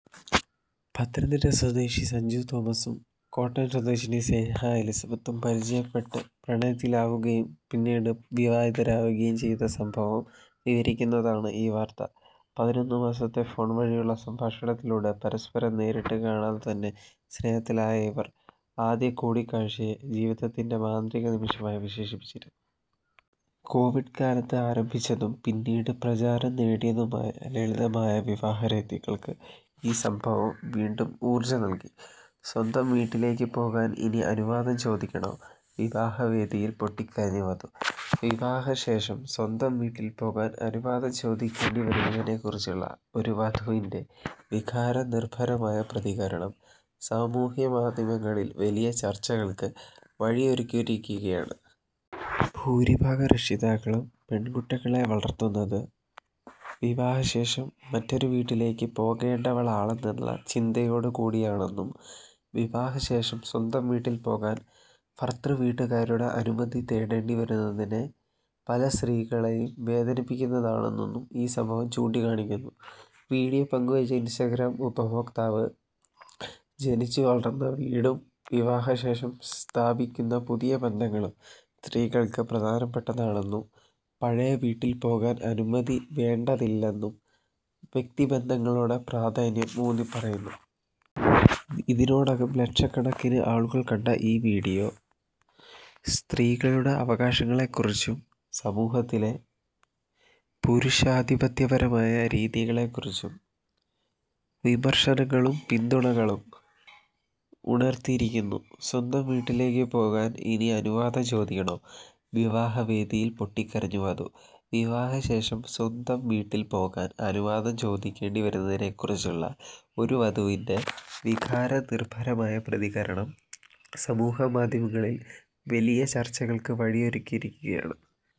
പത്തനംതിട്ട സ്വദേശി സജു തോമസും കോട്ടയം സ്വദേശിനി സ്നേഹ എലിസബത്തും പരിചയപ്പെട്ട് പ്രണയത്തിലാവുകയും പിന്നീട് വിവാഹിതരാവുകയും ചെയ്ത സംഭവം വിവരിക്കുന്നതാണ് ഈ വാർത്ത. പതിനൊന്നു മാസത്തെ ഫോൺ വഴിയുള്ള സംഭാഷണത്തിലൂടെ പരസ്പരം നേരിട്ട് കാണാതെ തന്നെ സ്നേഹത്തിലായ ഇവർ, ആദ്യ കൂടിക്കാഴ്ചയെ ജീവിതത്തിലെ മാന്ത്രിക നിമിഷമായി വിശേഷിപ്പിക്കുന്നു. കോവിഡ് കാലത്ത് ആരംഭിച്ചതും പിന്നീട് പ്രചാരം നേടിയതുമായ ലളിതമായ വിവാഹ രീതികൾക്ക് ഈ സംഭവം വീണ്ടും ഊർജ്ജം നൽകി. 'സ്വന്തം വീട്ടിലേക്ക് പോകാൻ ഇനി അനുവാദം ചോദിക്കണോ? 'വിവാഹവേദിയിൽ പൊട്ടിക്കരഞ്ഞ് വധു വിവാഹശേഷം സ്വന്തം വീട്ടിൽ പോകാൻ അനുവാദം ചോദിക്കേണ്ടി വരുന്നതിനെക്കുറിച്ചുള്ള ഒരു വധുവിന്റെ വികാരനിർഭരമായ പ്രതികരണം സാമൂഹിക മാധ്യമങ്ങളിൽ വലിയ ചർച്ചകൾക്ക് വഴിയൊരുക്കിയിരിക്കുകയാണ്. ഭൂരിഭാഗം രക്ഷിതാക്കളും പെൺകുട്ടികളെ വളർത്തുന്നത് വിവാഹശേഷം മറ്റൊരു വീട്ടിലേക്ക് പോകേണ്ടവളാണെന്ന ചിന്തയോടെയാണെന്നും, വിവാഹശേഷം സ്വന്തം വീട്ടിൽ പോകാൻ ഭർതൃവീട്ടുകാരുടെ അനുമതി തേടേണ്ടി വരുന്നത് പല സ്ത്രീകളെയും വേദനിപ്പിക്കുന്നുവെന്നും ഈ സംഭവം ചൂണ്ടിക്കാണിക്കുന്നു. വിഡിയോ പങ്കുവെച്ച ഇൻസ്റ്റഗ്രാം ഉപയോക്താവ്, ജനിച്ചുവളർന്ന വീടും വിവാഹശേഷം സ്ഥാപിക്കുന്ന പുതിയ ബന്ധങ്ങളും സ്ത്രീക്ക് പ്രധാനപ്പെട്ടതാണെന്നും, പഴയ വീട്ടിൽ പോകാൻ അനുമതി വേണ്ടതില്ലെന്നും വ്യക്തിബന്ധങ്ങളുടെ പ്രാധാന്യം ഊന്നിപ്പറയുന്നു. ഇതിനോടകം ലക്ഷക്കണക്കിന് ആളുകൾ കണ്ട ഈ വിഡിയോ, സ്ത്രീകളുടെ അവകാശങ്ങളെക്കുറിച്ചും സമൂഹത്തിലെ പുരുഷാധിപത്യപരമായ രീതികളെക്കുറിച്ചും വിമർശനങ്ങളും പിന്തുണകളും ഉയർത്തിയിരിക്കുന്നു. 'സ്വന്തം വീട്ടിലേക്ക് പോകാൻ ഇനി അനുവാദം ചോദിക്കണോ? 'വിവാഹവേദിയിൽ പൊട്ടിക്കരഞ്ഞ് വധു വിവാഹശേഷം സ്വന്തം വീട്ടിൽ പോകാൻ അനുവാദം ചോദിക്കേണ്ടി വരുന്നതിനെക്കുറിച്ചുള്ള ഒരു വധുവിന്റെ വികാരനിർഭരമായ പ്രതികരണം സാമൂഹിക മാധ്യമങ്ങളിൽ വലിയ ചർച്ചകൾക്ക് വഴിയൊരുക്കിയിരിക്കുകയാണ്.